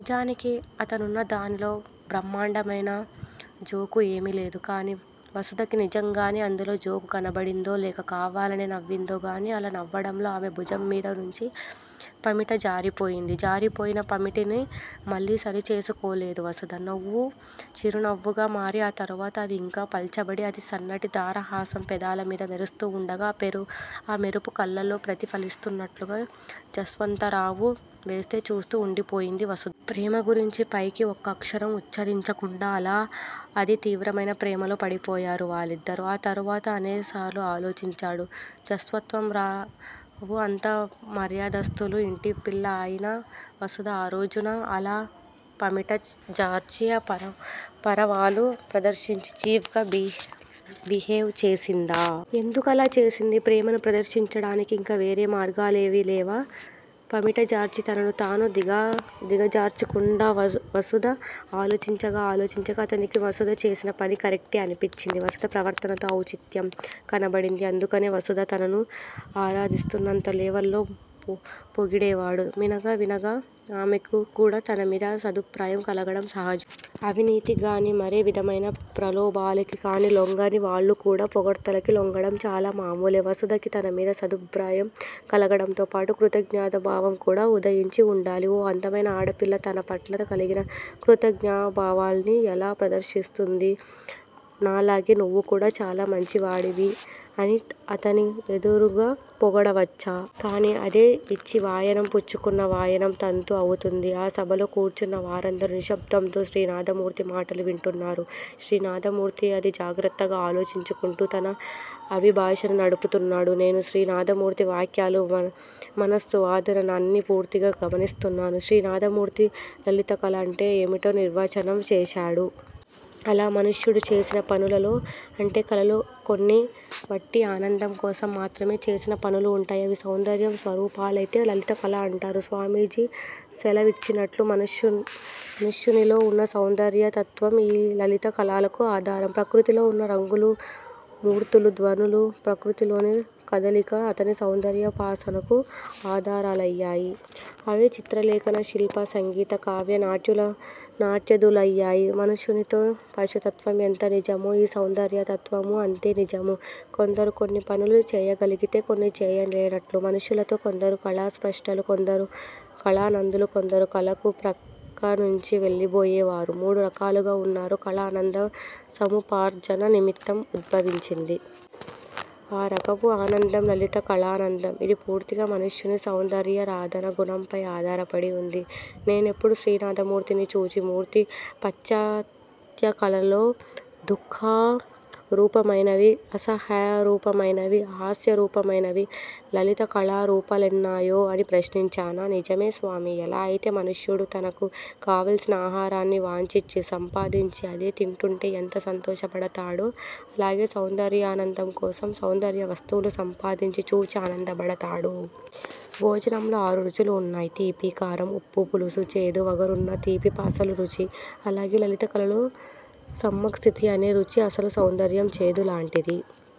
నిజానికి అతనున్న దానిలో బహ్మండమైన జోకు ఏమిలేదు. కానీ వసుదకి నిజంగానే అందులో జోకు కనబడిందో లేక కావాలని నవ్విందో గానీ అలా నవ్వడంలో ఆమె భుజం మీద నుంచి పమిటజారిపోయింది. జారిపోయిన పమిటని మళ్ళీ సరిచేసుకోలేదు వసుధ. నవ్వు చిరునవ్వుగా మారి ఆ తరువాత అది ఇంకా పల్చబడి అతి సన్నటి దరహాసం పెదాల మీద మెరుస్తూ వుండగా ఆ మెరుపు కళ్ళల్లో ప్రతిఫలిస్తున్నట్లు జస్వంతరావు వైపే చూస్తూ వుండిపోయింది వసుధ. ప్రేమ గురించి పైకి ఒక్క అక్షరం ఉచ్చరించకుండానే అలా అతి తీవ్రమైన ప్రేమలో పడిపోయారు వాళ్ళిద్దరూ. ఆ తరువాత అనేకసార్లు ఆలోచించాడు జస్వంతరావు. అంత మర్యాదస్తులు ఇంటి పిల్ల అయిన వసుధ ఆరోజున అలా పమిట జార్చి తన పరువాలు ప్రదర్శించి చీఫ్ గా బిహేవ్ చేసిందా! ఎందుకలా చేసింది! ప్రేమను ప్రదర్శించడానికి ఇంకా వేరే మార్గాలేమీలేవా! పమిటజార్చి తనను తాను దిగజార్చుకుందా వసుధ! ఆలోచించగా ఆలోచించగా అతనికి వసుధ చేసిన పని కరెక్టే అనిపించింది. వసుధ ప్రవర్తనలో ఔచిత్యం కనబడింది. ఎందుకనీ వసుధనీ తను ఆరాధిస్తున్నంత లెవల్లో పోగిడేవాడు. వినగా వినగా ఆమెకి కూడా తనమీద సదభిప్రాయం కలగడం సహజం. అవినీతి గానీ మరే విధమైన ప్రలోభాలకీ గానీ లోంగనీ వాళ్ళు కూడా పొగడ్తలకీ లొంగడం చాలా మాములే! వసుధకి తనమీద సదభిప్రాయం కలగడంతో పాటు కృతజ్ఞతాభావం కూడా ఉదయించి వుండాలి. ఓ అందమైన ఆడపిల్ల తనపట్ల కలిగిన కృతజ్ఞతాభావాన్ని ఎలా ప్రదర్శిస్తుందీ! నాలాగే నువ్వు కూడా చాలా మంచివాడిని అని తనని ఎదురుగా పొగడవచ్చా. కాని అది 'ఇచ్చి వాయనం పుచ్చుకున్న వాయనం ' తంతు అవుతుంది. ఆ సభలో కూర్చున్న వారందరూ నిశ్శబ్దంతో శ్రీనాథమూర్తి మాటలు వింటున్నారు. శ్రీనాథమూర్తే అతి జాగ్రత్తగా ఆలోచించుకుంటూ తన అభిభాషణ నడుపుతున్నాడు. నేను శ్రీనాథమూర్తి వాక్యాలు, మనస్సు, వాదన అన్నీ పూర్తిగా గమనిస్తున్నాను. శ్రీనాథమూర్తి లలితకళ అంటే ఏమిటో నిర్వచనం చేశాడు. '' అలా మనుష్యుడు చేసిన పనులలో అంటే, కళలలో కొన్ని వట్టి ఆనందం కోసం మాత్రం చేసిన పనులు ఉంటాయి. అవి సౌందర్య స్వరూపాలైతే లలితా కళ అంటారు. స్వామీజీ సెలవిచ్చినట్లు మనుష్యునిలో వున్న సౌందర్యతత్వం ఈ లలితా కళలకు ఆధారం. ప్రకృతిలో వున్న రంగులూ మూర్తులూ, ధ్వనులూ, ప్రకృతిలోని కదలికా అతని సౌందర్యోపాసనకు ఆధారాలయ్యాయి. అవే చిత్రలేఖన, శిల్ప, సంగీత, కావ్య, నాట్యాదులయ్యాయి. మనుషునిలో పశుత్వం ఎంత నిజమౌ, ఈ సౌందర్యతత్వమూ అంతే నిజము. కొందరు కొన్ని పనులు చేయగలిగి, కొన్ని చేయలేనట్లు, మనుష్యులలో కొందరు కళాస్రష్టలు, కొందరు కళానందులు, కొందరు కళకు ప్రక్కనుంచి వెళ్ళిపోయే వారు__మూడు రకాలుగా ఉన్నారు. '''' కళ ఆనంద సముపార్జన నిమిత్తం ఉద్భవించింది. ఆ రకపు ఆనందం లలిత కళానందం. ఇది పూర్తిగా మనుష్యుని సౌందర్యారాధన గుణంపై ఆధారపడి ఉంది. '' నేనప్పుడు శ్రీనాథమూర్తిని చూచి, '' మూర్తీ, పాశ్చాత్యకళలలో దుఃఖరూపమైనవి, అసహ్యరూపమైనవి, హాస్యరూపమైనవి లలితకళారూపాలున్నాయే? '' అని ప్రశ్నించాను. '' నిజమే స్వామీ! ఎలా అయితే మనుష్యుడు తనకు కావలసిన ఆహారాన్ని వాంఛింఛి, సంపాదించి, అది తింటోంటే ఎంత సంతోషపడతాడో, అలాగే సౌందర్యానందంకోసం సౌందర్యవస్తువులు సంపాదించీ, చూచీ ఆనందపడతాడు. భోజనంలో ఆరు రుచులు ఉన్నాయి. తీపి, కారం, ఉప్పు, పులుసు, చేదు, వగరున్నూ, తీపి అసలు రుచి. అలాగే, లలితకళలలో సమ్మక్ స్థితి అనే రుచి అసలు సౌందర్యం చేదు లాంటిది